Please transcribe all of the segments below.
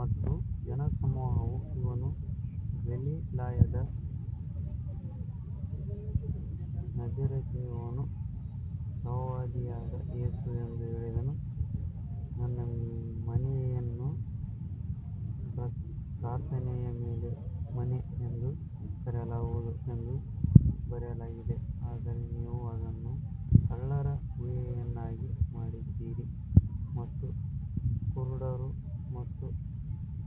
ಮತ್ತು ಜನಸಮೂಹವು ಇವನು ಗಲಿಲಾಯದ ನಜರೇತಿನವನು, ಪ್ರವಾದಿಯಾದ ಯೇಸು ಎಂದು ಹೇಳಿದರು. ನನ್ನ ಮನೆಯನ್ನು ಪ್ರಾರ್ಥನೆಯ ಮನೆ ಎಂದು ಕರೆಯಲಾಗುವುದು ಎಂದು ಬರೆಯಲಾಗಿದೆ, ಆದರೆ ನೀವು ಅದನ್ನು ಕಳ್ಳರ ಗುಹೆಯನ್ನಾಗಿ ಮಾಡಿದ್ದೀರಿ. ಮತ್ತು ಕುರುಡರು ಮತ್ತು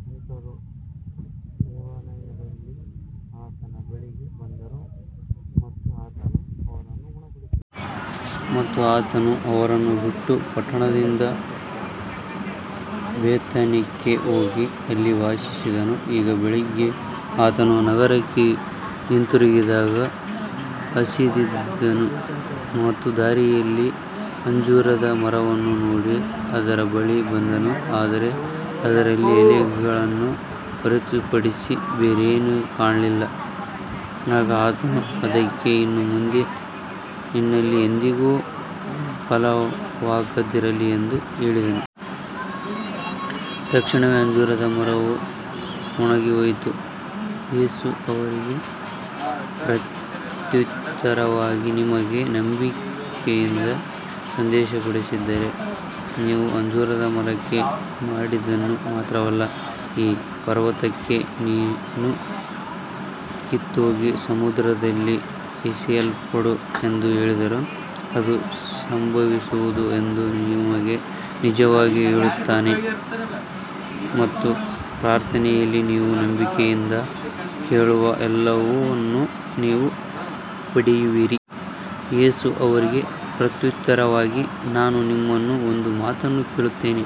ಕುಂಟರು ದೇವಾಲಯದಲ್ಲಿ ಆತನ ಬಳಿಗೆ ಬಂದರು ಮತ್ತು ಆತನು ಅವರನ್ನು ಗುಣಪಡಿಸಿದನು. ಮತ್ತು ಆತನು ಅವರನ್ನು ಬಿಟ್ಟು ಪಟ್ಟಣದಿಂದ ಬೇಥಾನ್ಯಕ್ಕೆ ಹೋಗಿ ಅಲ್ಲಿ ವಾಸಿಸಿದನು. ಈಗ ಬೆಳಿಗ್ಗೆ ಆತನು ನಗರಕ್ಕೆ ಹಿಂತಿರುಗಿದಾಗ ಹಸಿದಿದ್ದನು. ಮತ್ತು ದಾರಿಯಲ್ಲಿ ಅಂಜೂರದ ಮರವನ್ನು ನೋಡಿ ಅದರ ಬಳಿಗೆ ಬಂದನು, ಆದರೆ ಅದರಲ್ಲಿ ಎಲೆಗಳನ್ನು ಹೊರತುಪಡಿಸಿ ಬೇರೇನೂ ಕಾಣಲಿಲ್ಲ. ಆಗ ಆತನು ಅದಕ್ಕೆ, ಇನ್ನು ಮುಂದೆ ನಿನ್ನಲ್ಲಿ ಎಂದಿಗೂ ಫಲವಾಗದಿರಲಿ ಎಂದು ಹೇಳಿದನು. ತಕ್ಷಣವೇ ಅಂಜೂರದ ಮರವು ಒಣಗಿಹೋಯಿತು. ಯೇಸು ಅವರಿಗೆ ಪ್ರತ್ಯುತ್ತರವಾಗಿ, ನಿಮಗೆ ನಂಬಿಕೆಯಿದ್ದು ಸಂದೇಹಪಡದಿದ್ದರೆ ನೀವು ಅಂಜೂರದ ಮರಕ್ಕೆ ಮಾಡಿದ್ದನ್ನು ಮಾತ್ರವಲ್ಲ, ಈ ಪರ್ವತಕ್ಕೆ, ನೀನು ಕಿತ್ತುಹೋಗಿ ಸಮುದ್ರದಲ್ಲಿ ಎಸೆಯಲ್ಪಡು ಎಂದು ಹೇಳಿದರೂ ಅದು ಸಂಭವಿಸುವುದು ಎಂದು ನಿಮಗೆ ನಿಜವಾಗಿ ಹೇಳುತ್ತೇನೆ. ಮತ್ತು ಪ್ರಾರ್ಥನೆಯಲ್ಲಿ ನೀವು ನಂಬಿಕೆಯಿಂದ ಕೇಳುವ ಎಲ್ಲವನ್ನೂ ನೀವು ಪಡೆಯುವಿರಿ. ಯೇಸು ಅವರಿಗೆ ಪ್ರತ್ಯುತ್ತರವಾಗಿ, ನಾನೂ ನಿಮ್ಮನ್ನು ಒಂದು ಮಾತನ್ನು ಕೇಳುತ್ತೇನೆ.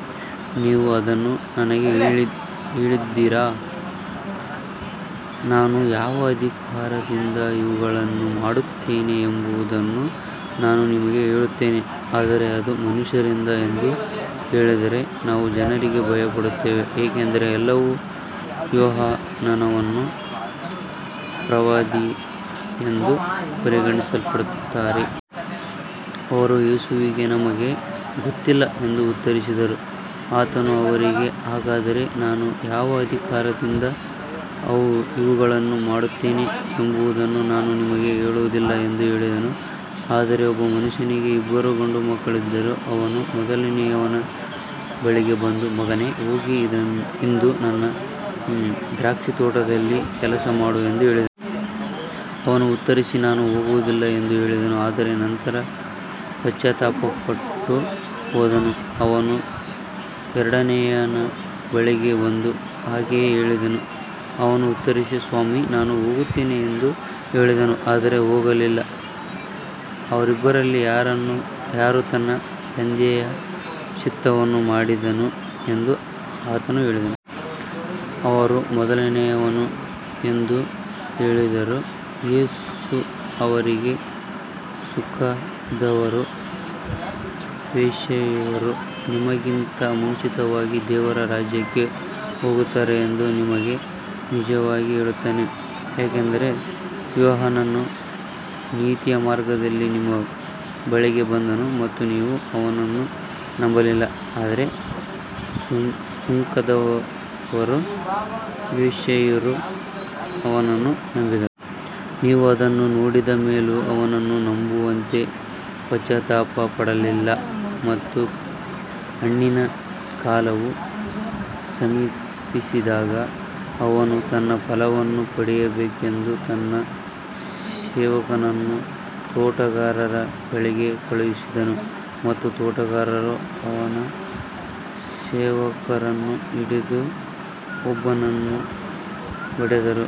ನೀವು ಅದನ್ನು ನನಗೆ ಹೇಳಿದರೆ, ನಾನು ಯಾವ ಅಧಿಕಾರದಿಂದ ಇವುಗಳನ್ನು ಮಾಡುತ್ತೇನೆ ಎಂಬುದನ್ನು ನಾನೂ ನಿಮಗೆ ಹೇಳುತ್ತೇನೆ. ಆದರೆ ಅದು ಮನುಷ್ಯರಿಂದ ಎಂದು ಹೇಳಿದರೆ, ನಾವು ಜನರಿಗೆ ಭಯಪಡುತ್ತೇವೆ, ಏಕೆಂದರೆ ಎಲ್ಲರೂ ಯೋಹಾನನನ್ನು ಪ್ರವಾದಿಯೆಂದು ಪರಿಗಣಿಸುತ್ತಾರೆ. ಅವರು ಯೇಸುವಿಗೆ, ನಮಗೆ ಗೊತ್ತಿಲ್ಲ ಎಂದು ಉತ್ತರಿಸಿದರು. ಆತನು ಅವರಿಗೆ, ಹಾಗಾದರೆ ನಾನು ಯಾವ ಅಧಿಕಾರದಿಂದ ಇವುಗಳನ್ನು ಮಾಡುತ್ತೇನೆ ಎಂಬುದನ್ನು ನಾನೂ ನಿಮಗೆ ಹೇಳುವುದಿಲ್ಲ ಎಂದು ಹೇಳಿದನು. ಆದರೆ ಒಬ್ಬ ಮನುಷ್ಯನಿಗೆ ಇಬ್ಬರು ಗಂಡು ಮಕ್ಕಳಿದ್ದರು. ಅವನು ಮೊದಲನೆಯವನ ಬಳಿಗೆ ಬಂದು, ಮಗನೇ, ಹೋಗಿ ಇಂದು ನನ್ನ ದ್ರಾಕ್ಷಿತೋಟದಲ್ಲಿ ಕೆಲಸಮಾಡು ಎಂದು ಹೇಳಿದನು. ಅವನು ಉತ್ತರಿಸಿ, ನಾನು ಹೋಗುವುದಿಲ್ಲ ಎಂದು ಹೇಳಿದನು, ಆದರೆ ನಂತರ ಪಶ್ಚಾತ್ತಾಪಪಟ್ಟು ಹೋದನು. ಅವನು ಎರಡನೆಯವನ ಬಳಿಗೆ ಬಂದು ಹಾಗೆಯೇ ಹೇಳಿದನು. ಅವನು ಉತ್ತರಿಸಿ, ಸ್ವಾಮೀ, ನಾನು ಹೋಗುತ್ತೇನೆ ಎಂದು ಹೇಳಿದನು, ಆದರೆ ಹೋಗಲಿಲ್ಲ. ಅವರಿಬ್ಬರಲ್ಲಿ ಯಾರು ತನ್ನ ತಂದೆಯ ಚಿತ್ತವನ್ನು ಮಾಡಿದನು ಎಂದು ಆತನು ಕೇಳಿದನು. ಅವರು ಮೊದಲನೆಯವನು ಎಂದು ಹೇಳಿದರು. ಯೇಸು ಅವರಿಗೆ, ಸುಂಕದವರೂ ವೇಶ್ಯೆಯರೂ ನಿಮಗಿಂತ ಮುಂಚಿತವಾಗಿ ದೇವರ ರಾಜ್ಯಕ್ಕೆ ಹೋಗುತ್ತಾರೆ ಎಂದು ನಿಮಗೆ ನಿಜವಾಗಿ ಹೇಳುತ್ತೇನೆ. ಯಾಕಂದರೆ ಯೋಹಾನನು ನೀತಿಯ ಮಾರ್ಗದಲ್ಲಿ ನಿಮ್ಮ ಬಳಿಗೆ ಬಂದನು ಮತ್ತು ನೀವು ಅವನನ್ನು ನಂಬಲಿಲ್ಲ, ಆದರೆ ಸುಂಕದವರೂ ವೇಶ್ಯೆಯರೂ ಅವನನ್ನು ನಂಬಿದರು. ನೀವು ಅದನ್ನು ನೋಡಿದ ಮೇಲೂ ಅವನನ್ನು ನಂಬುವಂತೆ ಪಶ್ಚಾತ್ತಾಪಪಡಲಿಲ್ಲ. ಮತ್ತು ಹಣ್ಣಿನ ಕಾಲವು ಸಮೀಪಿಸಿದಾಗ ಅವನು ತನ್ನ ಫಲವನ್ನು ಪಡೆಯಬೇಕೆಂದು ತನ್ನ ಸೇವಕರನ್ನು ತೋಟಗಾರರ ಬಳಿಗೆ ಕಳುಹಿಸಿದನು. ಮತ್ತು ತೋಟಗಾರರು ಅವನ ಸೇವಕರನ್ನು ಹಿಡಿದು, ಒಬ್ಬನನ್ನು ಹೊಡೆದರು,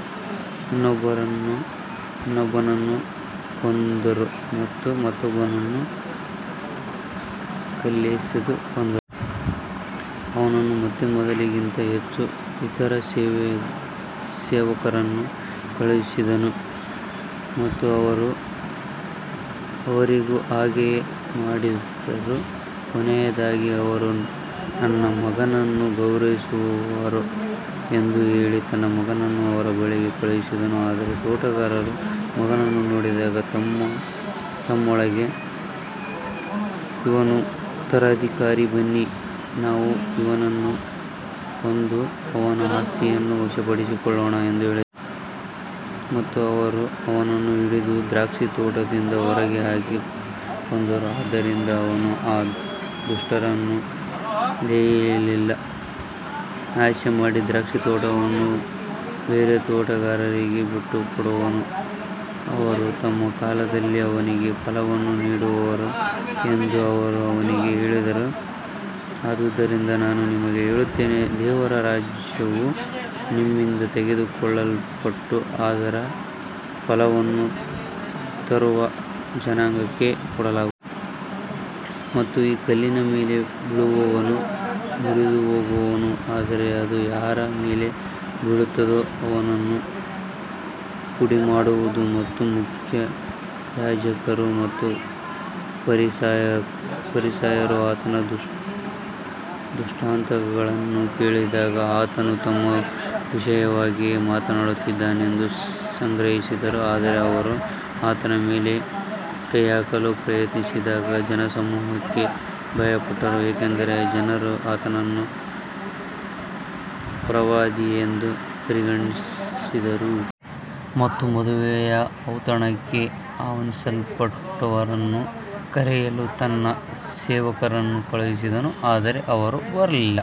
ಇನ್ನೊಬ್ಬನನ್ನು ಕೊಂದರು ಮತ್ತು ಮತ್ತೊಬ್ಬನನ್ನು ಕಲ್ಲೆಸೆದು ಕೊಂದರು. ಅವನು ಮತ್ತೆ ಮೊದಲಿಗಿಂತ ಹೆಚ್ಚು ಇತರ ಸೇವಕರನ್ನು ಕಳುಹಿಸಿದನು ಮತ್ತು ಅವರು ಅವರಿಗೂ ಹಾಗೆಯೇ ಮಾಡಿದರು. ಕೊನೆಯದಾಗಿ, ಅವರು ನನ್ನ ಮಗನನ್ನು ಗೌರವಿಸುವರು ಎಂದು ಹೇಳಿ ತನ್ನ ಮಗನನ್ನು ಅವರ ಬಳಿಗೆ ಕಳುಹಿಸಿದನು. ಆದರೆ ತೋಟಗಾರರು ಮಗನನ್ನು ನೋಡಿದಾಗ ತಮ್ಮತಮ್ಮೊಳಗೆ, ಇವನು ಉತ್ತರಾಧಿಕಾರಿ. ಬನ್ನಿ, ನಾವು ಇವನನ್ನು ಕೊಂದು ಅವನ ಆಸ್ತಿಯನ್ನು ವಶಪಡಿಸಿಕೊಳ್ಳೋಣ ಎಂದು ಹೇಳಿದರು. ಮತ್ತು ಅವರು ಅವನನ್ನು ಹಿಡಿದು ದ್ರಾಕ್ಷಿತೋಟದಿಂದ ಹೊರಗೆ ಹಾಕಿ ಕೊಂದರು. ಆದ್ದರಿಂದ ಅವನು ಆ ದುಷ್ಟರನ್ನು ದಯೆಯಿಲ್ಲದೆ ನಾಶಮಾಡಿ, ದ್ರಾಕ್ಷಿತೋಟವನ್ನು ಬೇರೆ ತೋಟಗಾರರಿಗೆ ಬಿಟ್ಟುಕೊಡುವನು, ಅವರು ತಮ್ಮ ಕಾಲದಲ್ಲಿ ಅವನಿಗೆ ಫಲವನ್ನು ನೀಡುವರು ಎಂದು ಅವರು ಅವನಿಗೆ ಹೇಳಿದರು. ಆದುದರಿಂದ ನಾನು ನಿಮಗೆ ಹೇಳುತ್ತೇನೆ, ದೇವರ ರಾಜ್ಯವು ನಿಮ್ಮಿಂದ ತೆಗೆದುಕೊಳ್ಳಲ್ಪಟ್ಟು ಅದರ ಫಲವನ್ನು ತರುವ ಜನಾಂಗಕ್ಕೆ ಕೊಡಲಾಗುವುದು. ಮತ್ತು ಈ ಕಲ್ಲಿನ ಮೇಲೆ ಬೀಳುವವನು ಮುರಿದುಹೋಗುವನು, ಆದರೆ ಅದು ಯಾರ ಮೇಲೆ ಬೀಳುತ್ತದೋ ಅವನನ್ನು ಪುಡಿಮಾಡುವುದು. ಮತ್ತು ಮುಖ್ಯಯಾಜಕರು ಮತ್ತು ಫರಿಸಾಯರು ಆತನ ದೃಷ್ಟಾಂತಗಳನ್ನು ಕೇಳಿದಾಗ, ಆತನು ತಮ್ಮ ವಿಷಯವಾಗಿಯೇ ಮಾತನಾಡುತ್ತಿದ್ದಾನೆಂದು ಗ್ರಹಿಸಿದರು. ಆದರೆ ಅವರು ಆತನ ಮೇಲೆ ಕೈಹಾಕಲು ಪ್ರಯತ್ನಿಸಿದಾಗ ಜನಸಮೂಹಕ್ಕೆ ಭಯಪಟ್ಟರು, ಏಕೆಂದರೆ ಜನರು ಆತನನ್ನು ಪ್ರವಾದಿಯೆಂದು ಪರಿಗಣಿಸಿದ್ದರು. ಮತ್ತು ಮದುವೆಯ ಔತಣಕ್ಕೆ ಆಹ್ವಾನಿಸಲ್ಪಟ್ಟವರನ್ನು ಕರೆಯಲು ತನ್ನ ಸೇವಕರನ್ನು ಕಳುಹಿಸಿದನು, ಆದರೆ ಅವರು ಬರಲಿಲ್ಲ.